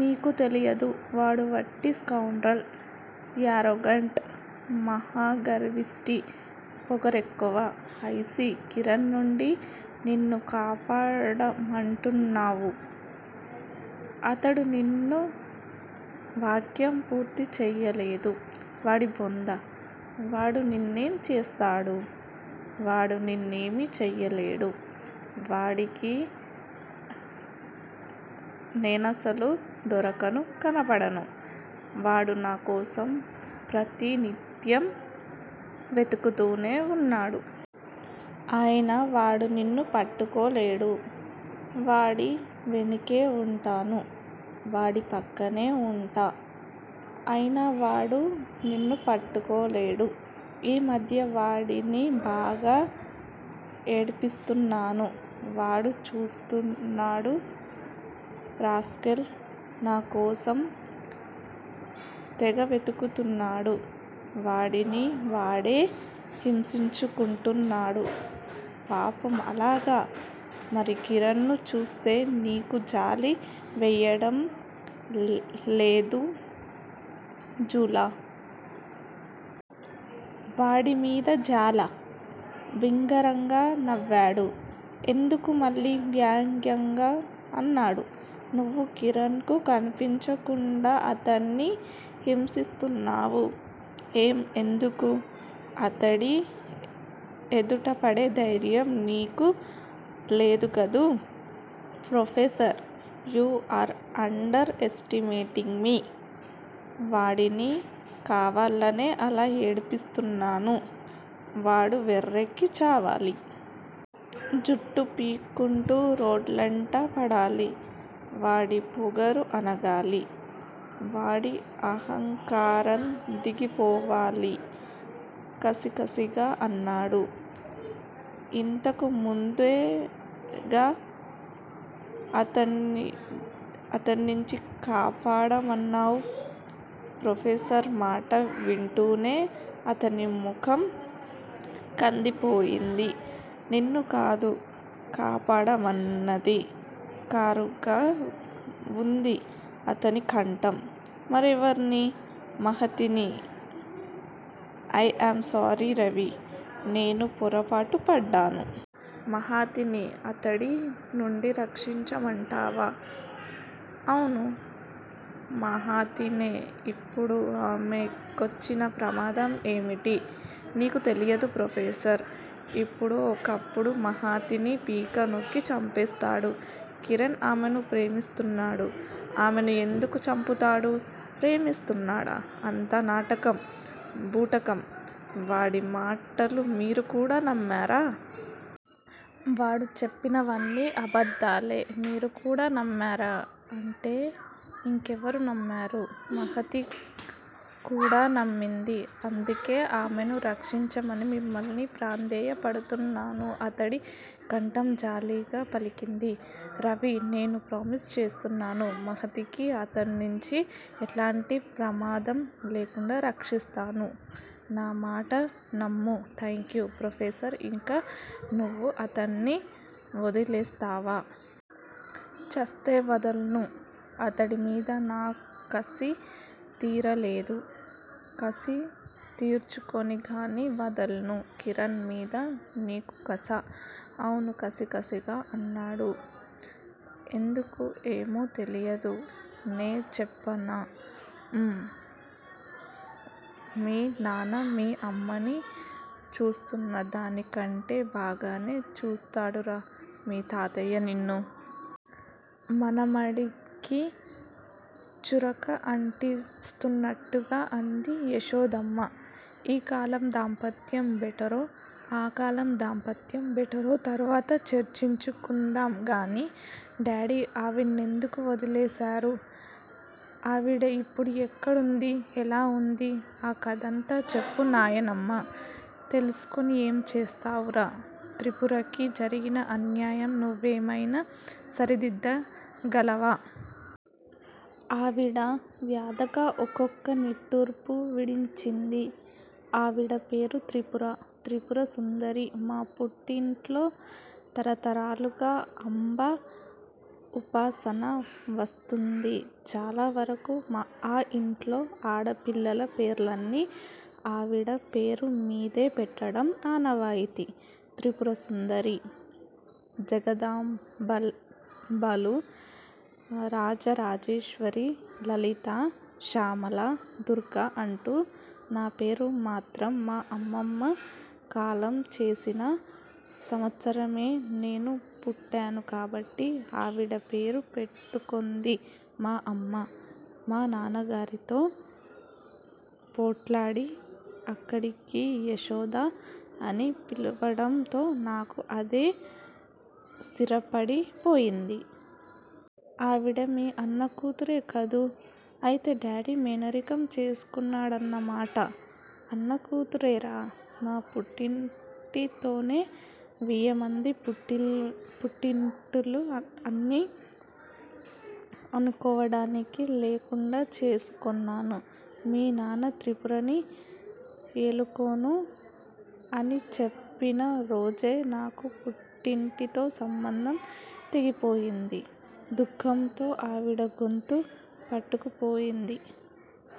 మీకు తెలియదు. వాడు వట్టి స్కౌండ్రల్, యారోగంట్. మహాగర్విష్టి. పొగరెక్కువ. ఐసీ కిరణ్ నుంచి నిన్నుకాపాడమంటున్నావ్. అతడు నిన్ను వాక్యం పూర్తి చెయ్యలేదు. వాడి బొంద. వాడు నిన్నేం చేస్తాడు? వాడు నిన్నేమీ చేయలేడు. వాడికి నేనసలు దొరకను, కనపడను. వాడునా కోసం ప్రతి నిత్యం వెదుకుతూనే వున్నాడు. అయినా వాడు నన్నుపట్టుకోలేడు. వాడి వెనకే ఉంటాను. వాడి పక్కనే ఉంటా. అయినావాడు నన్ను పట్టుకోలేడు. ఈ మధ్య వాడిని బాగా ఏడ్పిస్తున్నాను. వాడు చస్తున్నాడు రాస్కెల్. నాకోసం తెగవెతుకుతున్నాడు. వాడిని వాడే హింసించుకుంటున్నాడు. పాపం అలాగా? మరి కిరణ్ ను చూస్తే నీకు జాలి వెయ్యడం లేదూ జూలా? వాడి మీద జాలా? బిగ్గరగా నవ్వాడు. ఎందుకూ మళ్ళీ వ్యంగ్యంగా అన్నాడు. నువు కిరణ్ కు కన్పించకుండా అతడ్ని హింసిస్తున్నావు. ఏం ఎందుకు? అతడి ఎదుటపడే ధైర్యం నీకు లేదుకదూ. Professor! You are underestimating me. వాడిని కావాలనే అలా ఏడ్పిస్తున్నాను. వాడు వెర్రెక్కి చావాలి. జుట్టు పీక్కుంటూ రోడ్లంట పడాలి. వాడిపొగరు అణగాలి. వాడి అహంకారందిగిపోవాలి కసికసిగా అన్నాడు. ఇంతకు ముందేగా అతడ్నుంచికాపాడమన్నావ్? ప్రొఫెసర్ మాట వింటూనే అతని ముఖం కందిపోయింది. నన్ను కాదు కాపాడమన్నది కరుగ్గా వుంది అతని కంఠం. మరెవర్ని? మహతిని ఐయామ్ సారీ రవి! నేను పొరపాటు పడ్డాను. మహతిని అతడి నుంచి రక్షించమంటావా? అవును. మహతినే ఇప్పుడామె కొచ్చిన ప్రమాదం ఏమిటి? మీకు తెలియదు ప్రొఫెసర్. ఎప్పుడో ఒకప్పుడు మహతిని పీక నొక్కి చంపేస్తాడు. కిరణ్ ఆమెను ప్రేమిస్తున్నాడు. ఆమెను ఎందుకు చంపుతాడు? ప్రేమిస్తున్నాడా? అంతా నాటకం. బూటకం. వాడి మాటలు మీరు కూడా నమ్మారా? వాడుచెప్పేవన్నీ అబద్దాలే మీరు కూడా నమ్మారా అంటే ఇంకెవరు నమ్మారు? మహతి కూడానమ్మింది. అందుకే ఆమెను రక్షించమని మిమ్మల్ని ప్రాధేయ పడుతున్నాను అతడి కంఠం జాలిగా పలికింది. రవి, నేను ప్రామిస్ చేస్తున్నాను. మహతికి అతడ్నుంచి ఎలాంటి ప్రమాదం లేకుండా రక్షిస్తాను. నా మాట నమ్ము థాంక్యూ, ప్రొఫెసర్ ఇక నువు అతడ్ని వొదిలేస్తావా? ఛస్తే వదల్ను. అతడి మీద నా కసి తీరలేదు. కసి తీర్చుకొని కాని వదల్ను కిరణ్ మీద నీకు కసా? అవును కసి కసిగా అన్నాడు. ఎందుకూ ఏమో తెలియదు నే చెప్పనా? ఊ। మీ నాన్న మీ అమ్మని చూస్తున్న దానికంటే బాగానే చూశాడురా మీ తాతయ్య నన్ను! మనుమడికి చురక అంటిస్తూన్నట్టుగా అంది యశోదమ్మ. ఈ కాలం దాంపత్యం బెటరో, ఆ కాలం దాంపత్యం బెటరో తరువాత చర్చించుకుందాంగాని డాడి ఆవణ్నేందుకు వదిలేశారు? ఆవిడ ఇప్పుడు ఎక్కడుంది? ఎలా ఎంది? ఆ కథంతా చెప్పు నాయనమ్మ! తెలుసుకొని ఏం చేస్తావురా? త్రిపురకి జరిగిన అన్యాయాన్ని నువ్వెమ్తెన సరిదిద్ధగాలవా? ఆవిడ వ్యదగా ఒక ఒక నిట్టూర్పు విడించిది. ఆవిడ పేరు త్రిపురా? త్రిపురసుందరి మా పుట్టింట్లో తరతరాలుగా అంబ ఉపాసన వస్తూంది చాలావరకు ఆ ఇంట్లో ఆడపిల్లల పేర్లన్నీ ఆవిడ పేరుమీదే పెట్టడం ఆనవాయితి! త్రిపురసుందరి. జగదాంబాలు, రాజరాజేశ్వరి, లలిత, శ్యామల, దుర్గా అంటూ. నాపేరు మాత్రం మా అమ్మమ్మ కాలంచేసిన సంవత్సరమే నేను పుట్టాను కాబట్టి ఆవిడ పేరు పెట్టుకొంది మా అమ్మ, మానాన్న గారితో పోట్లాడి, అక్కడికి యశోద అని పిలువడంతో నాకు అదే స్ధిరపడి పోయింది! ఆవిడ మీ అన్నకూతురే కదూ? అయితే డాడి మేనరికం చేసుకొన్నాడన్న మాట! అన్నకుతురేరా! నా పుట్టింటితోనే వియ్యమంది పుట్టిల్లు అని అనుకోడానికి లేకుండా చేసుకొన్నాను! మీ నాన్న త్రిపురని ఎలుకోను అని చెప్పిన రోజే నాకు పుట్టింటితో సంబంధం తెగిపోయింది! దుఃఖం తో ఆవిడ గొంతు పట్టుకుపోయింది.